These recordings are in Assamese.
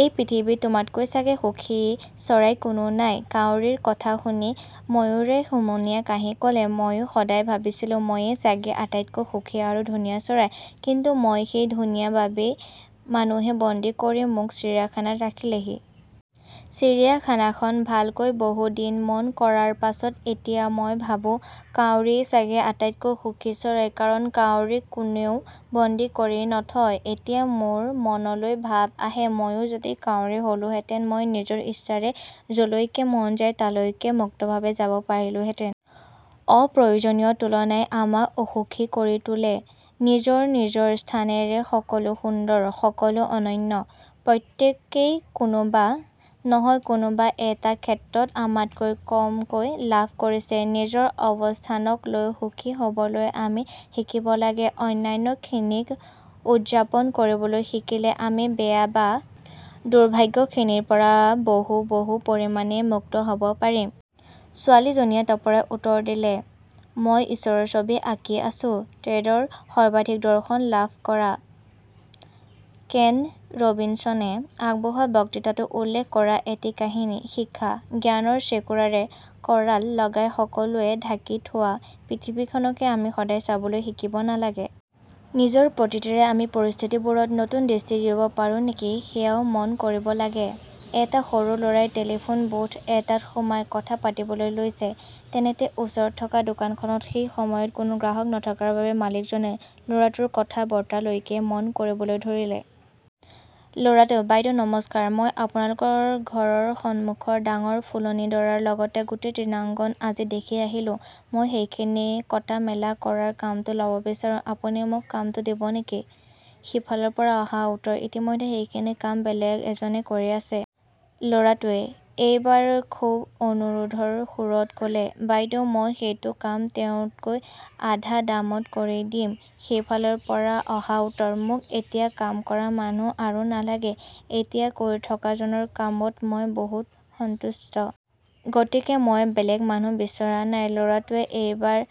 এই পৃথিৱীত তোমাতকৈ চাগে সুখী চৰাই আৰু কোনো নাই। "। কাউৰীৰ কথা শুনি ময়ূৰে হুমুনিয়াহ কাঢ়ি ক'লে— "মইয়ো সদায় ভাবিছিলোঁ, মইয়েই চাগে আটাইতকৈ সুখী আৰু ধুনীয়া চৰাই। কিন্তু মই সেই "ধূনীয়া" বাবেই মানুহে বন্দী কৰি মোক চিৰিয়াখানাতৰাখিলেহি। চিৰিয়াখানাখন ভালকৈ বহু দিন মন কৰাৰ পাছত এতিয়া মই ভাবোঁ— কাউৰীয়েই চাগে আটাইতকৈ সুখী চৰাই, কাৰণ কাউৰীক কোনেও বন্দী কৰি নথয়। এতিয়া মোৰ মনলৈ ভাৱ আহে— মইয়ো যদি কাউৰী হ'লোহেঁতেন মই নিজৰ ইচ্ছাৰে য'লৈকে মন যায় তালৈকে মুক্তভাৱে যাব পাৰিলোঁহেঁতেন! " অপ্ৰয়োজনীয় তুলনাই আমাক অসুখী কৰি তোলে। নিজৰ নিজৰ স্থানেৰে সকলো সুন্দৰ, সকলো অনন্য। প্ৰত্যেকেইকোনোবা নহয় কোনোবা এটা ক্ষেত্ৰত আমাতকৈ কমকৈ লাভ কৰিছে। নিজৰ অৱস্থানক লৈ সুখী হ'বলৈ আমি শিকিব লাগে। অনন্যখিনিক উৎযাপন কৰিবলৈ শিকিলে আমি বেয়া বা দুৰ্ভাগ্যখিনিৰ পৰা বহু বহু পৰিমাণে মুক্ত হ'ব পাৰিম। ছোৱালীজনীয়ে তপৰাই উত্তৰ দিলে— "মই ঈশ্বৰৰ ছবি আঁকি আছোঁ। " টেডৰ সৰ্বাধিক দৰ্শন লাভ কৰা, কেন ৰবিনশ্বনে আগবঢ়োৱা বক্তৃতাটোত উল্লেখ কৰা এটি কাহিনী। শিক্ষা:— জ্ঞানৰ চেকুৰাৰে কৰাল লগাই সকলোৱে ঢাকি থোৱা পৃথিৱীখনকে আমি সদায় চাবলৈ শিকিব নালাগে। নিজৰ প্ৰতীতিৰে আমি পৰিস্থিতিবোৰত নতুন দৃষ্টি দিব পাৰোঁ নেকি সেইয়াও মন কৰিব লাগে। এটা সৰু ল'ৰাই টেলিফ'ন বুথ এটাত সোমাই কথা পাতিবলৈ লৈছে। তেনেতে ওচৰতে থকা দোকানখনত সেই সময়ত কোনো গ্ৰাহক নথকা বাবে মালিকজনে ল'ৰাটোৰ কথা-বতৰালৈকে মন কৰিথাকিবলৈ ধৰিলে। ল'ৰাটো— "বাইদেউ নমস্কাৰ। মই আপোনালোকৰ ঘৰৰ সমুখৰ ডাঙৰ ফুলনিডৰাৰ লগতে গোটেই তৃণাঙ্গন আজি দেখি আহিলোঁ। মই সেইখিনি কটা-মেলা কৰাৰ কামটো ল'ব বিচাৰোঁ। আপুনি মোক কামটো দিব নেকি? " সিফালৰ পৰা অহা উত্তৰ— "ইতিমধ্যে সেইখিনি কাম বেলেগ এজনে কৰি আছে। " ল'ৰাটোৱে এইবাৰ খুৱ অনুৰোধৰ সুৰত ক'লে— "বাইদেউ মই সেইটো কাম তেওঁতকৈ আধা দামত কৰি দিম। " সিফালৰ পৰা অহা উত্তৰ— "মোক এতিয়া কাম কৰা মানুহ আৰু নালাগে। এতিয়া কৰি থকাজনৰ কামত মই বহুত সন্তুষ্ট। গতিকে মই বেলেগ মানুহ বিচৰা নাই। " ল'ৰাটোৱে এইবাৰ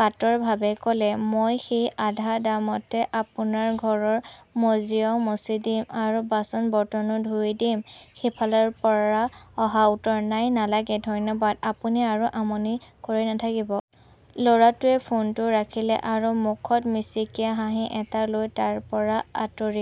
কাতৰভাৱে ক'লে— "মই সেই আধা দামতে আপোনাৰ ঘৰৰ মজিয়াও মছি দিম আৰু বাচন-বৰ্তনো ধুই দিম। " সিফালৰ পৰা অহা উত্তৰ— "নাই নালাগে। ধন্যবাদ। আপুনি আৰু আমনি কৰি নাথাকিব। " ল'ৰাটোৱে ফ'নটো ৰাখিলে আৰু মুখত মিচিকীয়া হাঁহি এটা লৈ তাৰ পৰা আঁতৰি